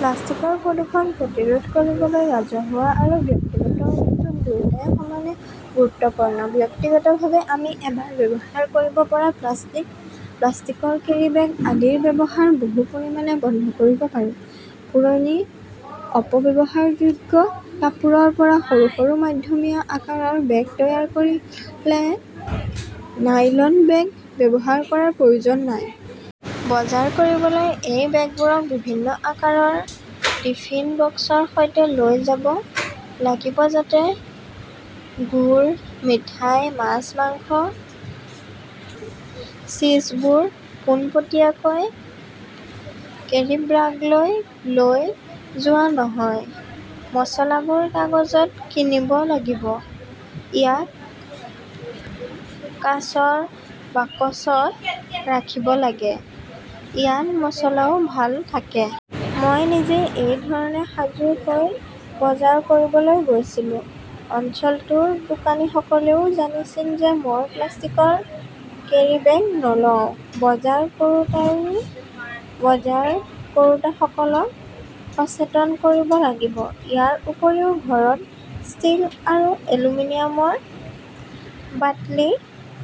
প্লাষ্টিকৰ প্ৰদূষণ প্ৰতিৰোধ কৰিবলৈ ৰাজহুৱা আৰু ব্যক্তিগত উদ্যোগ দুয়োটাই সমানেই গুৰুত্বপূৰ্ণ। ব্যক্তিগতভাৱে আমি এবাৰ ব্যৱহাৰ কৰিব পৰা প্লাষ্টিক, প্লাষ্টিকৰ কেৰিবেগ আদিৰ ব্যৱহাৰ বহু পৰিমাণে বন্ধ কৰিব পাৰোঁ। পুৰণি অপব্যৱহাৰযোগ্য কাপোৰৰ পৰা সৰু সৰু মধ্যমীয়া আকাৰৰ বেগ তৈয়াৰ কৰিলে নাইলন বেগ ব্যৱহাৰ কৰাৰ প্ৰয়োজন নাই। বজাৰ কৰিবলৈ, এই বেগবোৰক বিভিন্ন আকাৰৰ টিফিন বক্সৰ সৈতে লৈ যাব লাগিব যাতে গুড়, মিঠাই, মাছ, মাংস, চীজবোৰ পোনপটীয়াকৈ কেৰিব্যাগলৈ লৈ যোৱা নহয়। মচলাবোৰ কাগজত কিনিব লাগিব। ইয়াক কাঁচৰ বাকচত ৰাখিব লাগে, ইয়াত মছলাও ভাল থাকে। মই নিজেই এই ধৰণে সাজু হৈ বজাৰ কৰিবলৈ গৈছিলো। অঞ্চলটোৰ দোকানীসকলেও জানিছিল যে মই প্লাষ্টিকৰ কেৰীবেগ নলওঁ। বজাৰ কৰোঁতাইও বজাৰ কৰোঁতাসকলক সচেতন কৰিব লাগিব। ইয়াৰ উপৰিও ঘৰত ষ্টীল আৰু এলুমিনিয়ামৰ বালতি,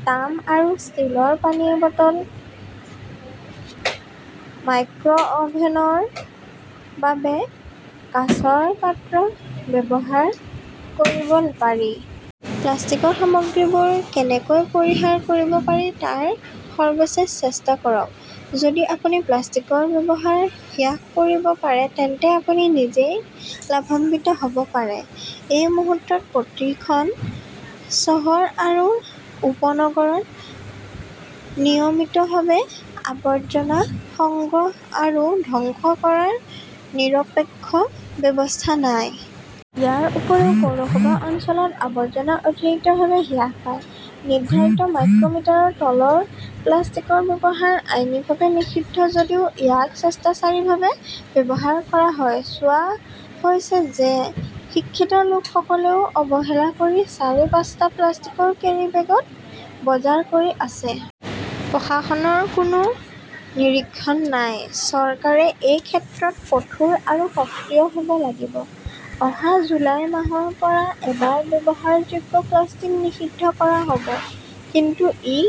তাম আৰু ষ্টীলৰ পানীৰ বটল, মাইক্ৰঅভেনৰ বাবে কাঁচৰ পাত্ৰ ব্যৱহাৰ কৰিব পাৰি। প্লাষ্টিকৰ সামগ্ৰীবোৰ কেনেকৈ পৰিহাৰ কৰিব পাৰি তাৰ সৰ্বশ্ৰেষ্ঠ চেষ্টা কৰক। যদি আপুনি প্লাষ্টিকৰ ব্যৱহাৰ হ্ৰাস কৰিব পাৰে তেন্তে আপুনি নিজেই লাভান্বিত হ'ব পাৰে। এই মুহূৰ্তত প্ৰতিখন চহৰ আৰু উপনগৰত নিয়মিতভাৱে আৱৰ্জনা সংগ্ৰহ আৰু ধ্বংস কৰাৰ নিৰপেক্ষ ব্যৱস্থা নাই। ইয়াৰ উপৰিও পৌৰসভা অঞ্চলত আৱৰ্জনা অতিৰিক্তভাৱে হ্ৰাস পায়। নিৰ্ধাৰিত মাইক্ৰমিটাৰৰ তলৰ প্লাষ্টিকৰ ব্যৱহাৰ আইনীভাৱে নিষিদ্ধ যদিও ইয়াক স্বেচ্ছাচাৰীভাৱে ব্যৱহাৰ কৰা হয়। চোৱা হৈছে যে শিক্ষিত লোকসকলেও অৱহেলা কৰি চাৰি-পাঁচটা প্লাষ্টিকৰ কেৰীবেগত বজাৰ কৰি আছে। প্ৰশাসনৰ কোনো নিৰীক্ষণ নাই। চৰকাৰে এই ক্ষেত্ৰত কঠোৰ আৰু সক্ৰিয় হ'ব লাগিব। অহা জুলাই মাহৰ পৰা এবাৰ ব্যৱহাৰযোগ্য প্লাষ্টিক নিষিদ্ধ কৰা হ'ব। কিন্তু ই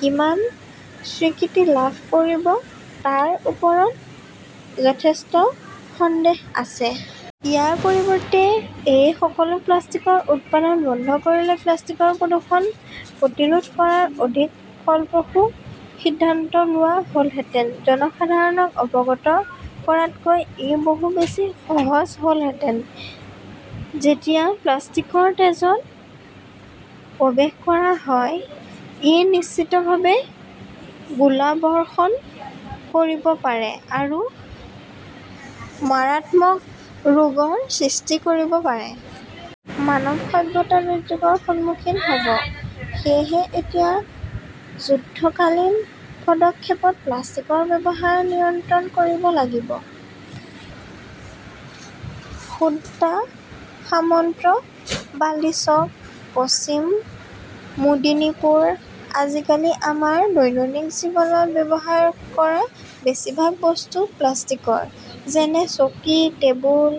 কিমান স্বীকৃতি লাভ কৰিব তাৰ ওপৰত যথেষ্ট সন্দেহ আছে। ইয়াৰ পৰিৱৰ্তে, এই সকলো প্লাষ্টিকৰ উৎপাদন বন্ধ কৰিলে প্লাষ্টিকৰ প্ৰদূষণ প্ৰতিৰোধ কৰাৰ অধিক ফলপ্ৰসূ সিদ্ধান্ত লোৱা হ'লহেঁতেন। জনসাধাৰণক অৱগত কৰাতকৈ ই বহু বেছি সহজ হ'লহেঁতেন। যেতিয়া প্লাষ্টিকৰ তেজত প্ৰৱেশ কৰা হয়, ই নিশ্চিতভাৱে গোলাবৰ্ষণ কৰিব পাৰে আৰু মাৰাত্মক ৰোগৰ সৃষ্টি কৰিব পাৰে। মানৱ সভ্যতা দুৰ্যোগৰ সন্মুখীন হ'ব। সেয়েহে এতিয়া যুদ্ধকালীন পদক্ষেপত প্লাষ্টিকৰ ব্যৱহাৰ নিয়ন্ত্ৰণ কৰিব লাগিব। শুভ্ৰা সামন্ত বালিচক, পশ্চিম মেদিনীপুৰ আজিকালি আমাৰ দৈনন্দিন জীৱনত ব্যৱহাৰ কৰা বেছিভাগ বস্তু প্লাষ্টিকৰ। যেনে চকী, টেবুল,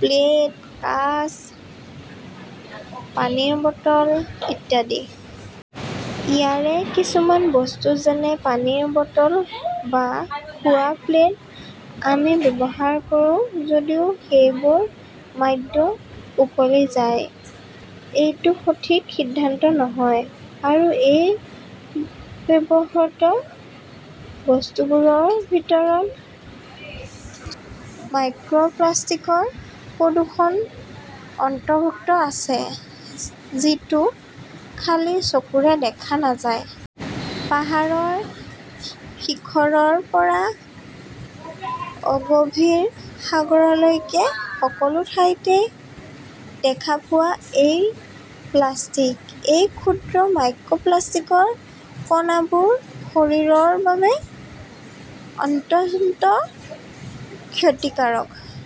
প্লেট, কাঁচ, পানীৰ বটল ইত্যাদি। ইয়াৰে কিছুমান বস্তু, যেনে পানীৰ বটল বা খোৱা প্লেট, আমি ব্যৱহাৰ কৰোঁ যদিও সেইবোৰ ম্যাদ উকলি যায়। এইটো সঠিক সিদ্ধান্ত নহয়। আৰু এই ব্যৱহৃত বস্তুবোৰৰ ভিতৰত মাইক্ৰপ্লাষ্টিকৰ প্ৰদূষণ অন্তৰ্ভুক্ত আছে, যিটো খালী চকুৰে দেখা নাযায়। পাহাৰৰ শিখৰৰ পৰা অগভীৰ সাগৰলৈকে সকলো ঠাইতে দেখা পোৱা এই প্লাষ্টিক। এই ক্ষুদ্ৰ মাইক্ৰপ্লাষ্টিকৰ কণাবোৰ শৰীৰৰ বাবে অত্যন্ত ক্ষতিকাৰক।